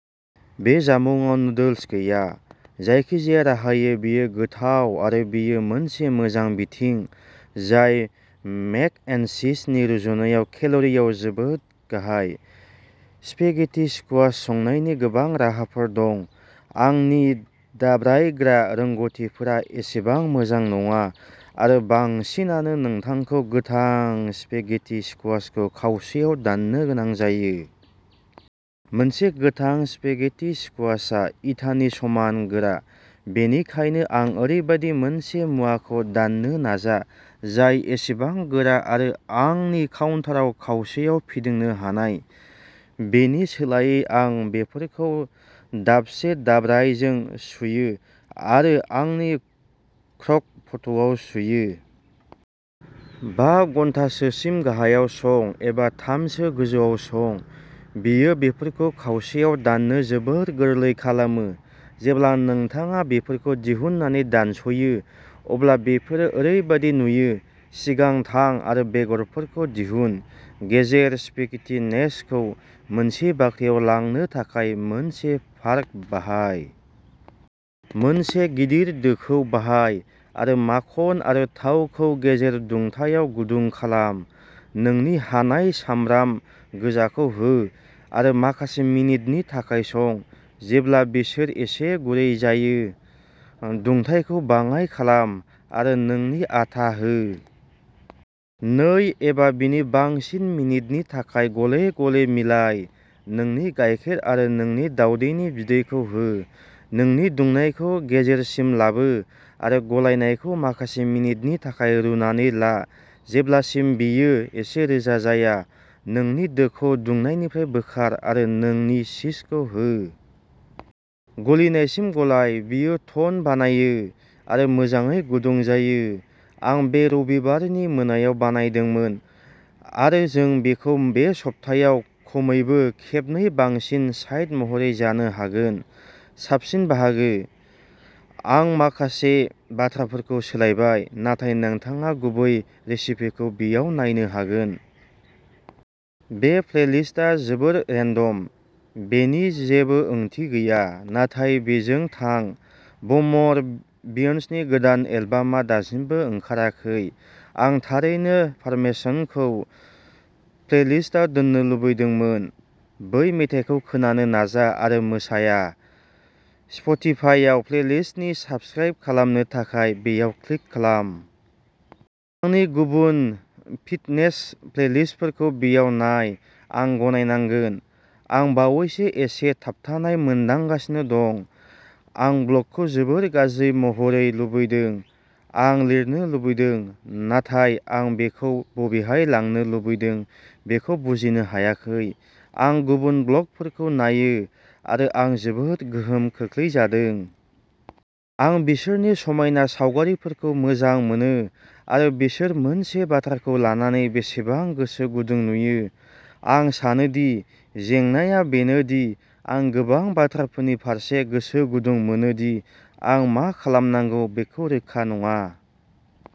बे जामुंआव नुडल्स गैया। जायखिजाया राहायै, बेयो गोथाव आरो बेयो मोनसे मोजां बिथिं जाय मेक एन्ड चिजनि रुजुनायाव केल'रिआव जोबोद गाहाय। स्पेगेटि स्कुवाश संनायनि गोबां राहाफोर दं। आंनि दाब्रायग्रा रोंग'थिफोरा एसेबां मोजां नङा आरो बांसिनानो नोंथांखौ गोथां स्पेगेटि स्कुवाशखौ खावसेयाव दाननो गोनां जायो। मोनसे गोथां स्पेगेटि स्कुवाशआ इटानि समान गोरा, बेनिखायनो आं ओरैबायदि मोनसे मुवाखौ दाननो नाजा जाय एसेबां गोरा आरो आंनि काउन्टाराव खावसेयाव फिदिंनो हानाय। बेनि सोलायै, आं बेफोरखौ दाबसे दाब्रायजों सुयो आरो आंनि क्रक पटआव सुयो। बा घन्टासोसिम गाहायाव सं, एबा थामसो गोजौयाव सं। बेयो बेफोरखौ खावसेयाव दाननो जोबोद गोरलै खालामो। जेब्ला नोंथाङा बेफोरखौ दिहुननानै दानस'यो अब्ला बेफोरो ओरैबायदि नुयो। सिगां थां आरो बेगरफोरखौ दिहुन। गेजेर। "स्पेगेटि-नेस" खौ मोनसे बाख्रियाव लांनो थाखाय मोनसे फार्क बाहाय। मोनसे गिदिर दोखौ बाहाय आरो माखन आरो थावखौ गेजेर दुंथायाव गुदुं खालाम। नोंनि हानाय सामब्राम गोजाखौ हो आरो माखासे मिनिटनि थाखाय सं। जेब्ला बिसोर एसे गुरै जायो। दुंथायखौ बाङाय खालाम आरो नोंनि आटा हो। नै एबा बिनि बांसिन मिनिटनि थाखाय गले-गले मिलाय। नोंनि गायखेर आरो नोंनि दाउदैनि बिदैखौ हो। नोंनि दुंनायखौ गेजेरसिम लाबो आरो गलायनायखौ माखासे मिनिटनि थाखाय रुनानै ला जेब्लासिम बेयो एसे रोजा जाया। नोंनि दोखौ दुंनायनिफ्राय बोखार आरो नोंनि चीजखौ हो। गलिनायसिम गलाय। बेयो टन बानायो आरो मोजाङै गुदुं जायो। आं बे रबिबारनि मोनायाव बानायदोंमोन आरो जों बेखौ बे सप्तायाव खमैबो खेबनै बांसिन साइड महरै जानो हागोन। साबसिन बाहागो? आं माखासे बाथ्राफोरखौ सोलायबाय, नाथाय नोंथाङा गुबै रेसिपिखौ बेयाव नायनो हागोन। बे प्लेलिस्टआ जोबोद रेन्डम। बेनि जेबो ओंथि गैया, नाथाय बेजों थां। बमर बियन्सनि गोदान एलबामआ दासिमबो ओंखाराखै। आं थारैनो फर्मेसनखौ प्लेलिस्टआव दोननो लुबैदोंमोन। बै मेथाइखौ खोनानो नाजा आरो मोसाया। स्पटिफाइआव प्लेलिस्टनि साबस्क्राइब खालामनो थाखाय बेयाव क्लिक खालाम। आंनि गुबुन फिटनेस प्लेलिस्टफोरखौ बेयाव नाय आं गनायनांगोन, आं बावैसो एसे थाबथानाय मोनदांगासिनो दं। आं ब्लगखौ जोबोद गाज्रि महरै लुबैदों। आं लिरनो लुबैदों, नाथाय आं बेखौ बबेहाय लांनो लुबैदों बेखौ बुजिनो हायाखै। आं गुबुन ब्लगफोरखौ नायो आरो आं जोबोद गोहोम खोख्लैजादों। आं बिसोरनि समायना सावगारिफोरखौ मोजां मोनो आरो बिसोर मोनसे बाथ्राखौ लानानै बेसेबां गोसो गुदुं नुयो। आं सानो दि जेंनाआ बेनो दि आं गोबां बाथ्राफोरनि फारसे गोसो गुदुं मोनो दि आं मा खालामनांगौ बेखौ रोखा नङा।